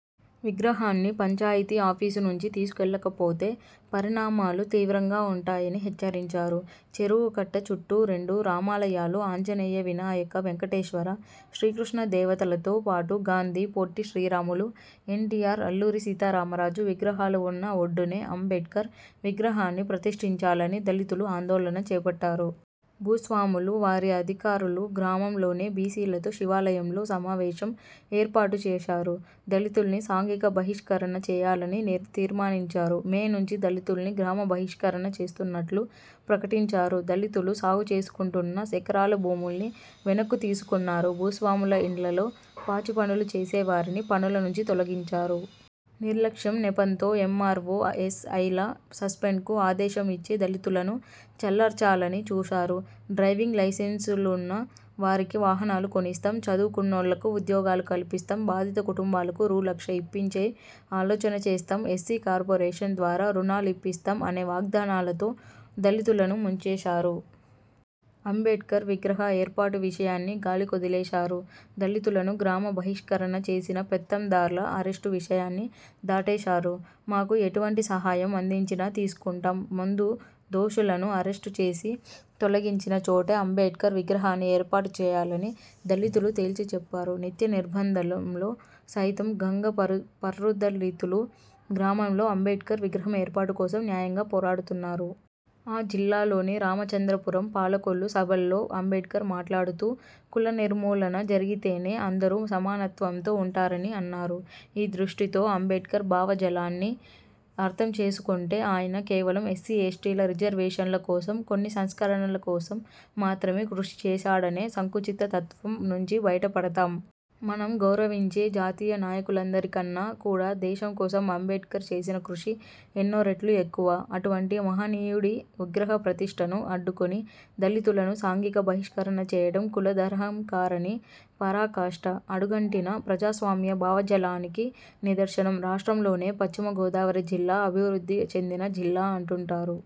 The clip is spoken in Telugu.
విగ్రహాన్ని పంచాయతీ ఆఫీసు నుంచి తీసుకెళ్ళకపోతే పరిణామాలు తీవ్రంగా ఉంటాయని హెచ్చరించారు. చెరువు కట్ట చుట్టూ రెండు రామాలయాలు, ఆంజనేయ, వినాయక, వెంకటేశ్వర, శ్రీకృష్ణ దేవతలతో పాటు గాంధీ, పొట్టిశ్రీరాములు, ఎన్టీఆర్, అల్లూరి సీతారామరాజు విగ్రహాలు వున్న ఒడ్డునే అంబేడ్కర్ విగ్రహాన్ని ప్రతిష్ఠించాలని దళితులు ఆందోళన చేపట్టారు. భూస్వాములు, వారి అధికారులు గ్రామంలోనే బీసీలతో శివాలయంలో సమావేశం ఏర్పాటు చేశారు. దళితుల్ని సాంఘిక బహిష్కరణ చేయాలని తీర్మానించారు. మే నుంచి దళితుల్ని గ్రామ బహిష్కరణ చేస్తున్నట్లు ప్రకటించారు. దళితులు సాగుచేసుకుంటున్న ఎకరాల భూముల్ని వెనక్కు తీసుకున్నారు. భూస్వాముల ఇండ్లలో పాచిపనులు చేసేవారిని పనుల నుంచి తొలగించారు. నిర్లక్ష్యం నెపంతో ఎమ్మార్వో, ఎస్ఐల సస్పెండ్కు ఆదేశం ఇచ్చి దళితులను చల్లార్చాలని చూశారు. డ్రైవింగ్ లైసెన్సులున్న వారికి వాహనాలు కొనిస్తాం, చదువుకున్నోళ్ళకు ఉద్యోగాలు కల్పిస్తాం, బాధిత కుటుంబాలకు రూ. లక్ష ఇప్పించే ఆలోచన చేస్తాం, ఎస్సీ కార్పొరేషన్ ద్వారా రుణాలిప్పిస్తాం అనే వాగ్దానాలతో దళితులను ముంచేశారు. అంబేడ్కర్ విగ్రహ ఏర్పాటు విషయాన్ని గాలికొదిలేశారు. దళితులను గ్రామబహిష్కరణ చేసిన పెత్తందార్ల అరెస్టు విషయాన్ని దాటేశారు. మాకు ఎటువంటి సహాయం అందించినా తీసుకుంటాం, ముందు దోషులను అరెస్టు చేసి, తొలగించిన చోటే అంబేడ్కర్ విగ్రహాన్ని ఏర్పాటుచేయాలని దళితులు తేల్చిచెప్పారు. నిత్యనిర్బంధంలో సైతం గంగపర్రుదళితులు గ్రామంలో అంబేడ్కర్ విగ్రహం ఏర్పాటు కోసం న్యాయంగా పోరాడుతున్నారు. ఆ జిల్లాలోని రామచంద్రపురం, పాలకొల్లు సభల్లో అంబేడ్కర్ మాట్లాడుతూ కులనిర్మూలన జరిగితేనే అందరూ సమానత్వంతో ఉంటారని అన్నారు. ఈ దృష్టితో అంబేడ్కర్ భావజాలాన్ని అర్థం చేసుకుంటే ఆయన కేవలం ఎస్సీ, ఎస్టీల రిజర్వేషన్ల కోసం, కొన్ని సంస్కరణల కోసం మాత్రమే కృషి చేశాడనే సంకుచిత తత్వం నుంచి బయటపడతాం. మనం గౌరవించే జాతీయ నాయకులందరికన్నా కూడా దేశం కోసం అంబేడ్కర్ చేసిన కృషి ఎన్నో రెట్లు ఎక్కువ. అటువంటి మహనీయుడి విగ్రహ ప్రతిష్ఠను అడ్డుకొని దళితులను సాంఘిక బహిష్కరణ చేయటం కుల దురహంకారానికి పరాకాష్ట. అడుగంటిన ప్రజాస్వామ్య భావజాలానికి నిదర్శనం. రాష్ట్రంలోనే పశ్చిమగోదావరి జిల్లా అభివృద్ధి చెందిన జిల్లా అంటుంటారు.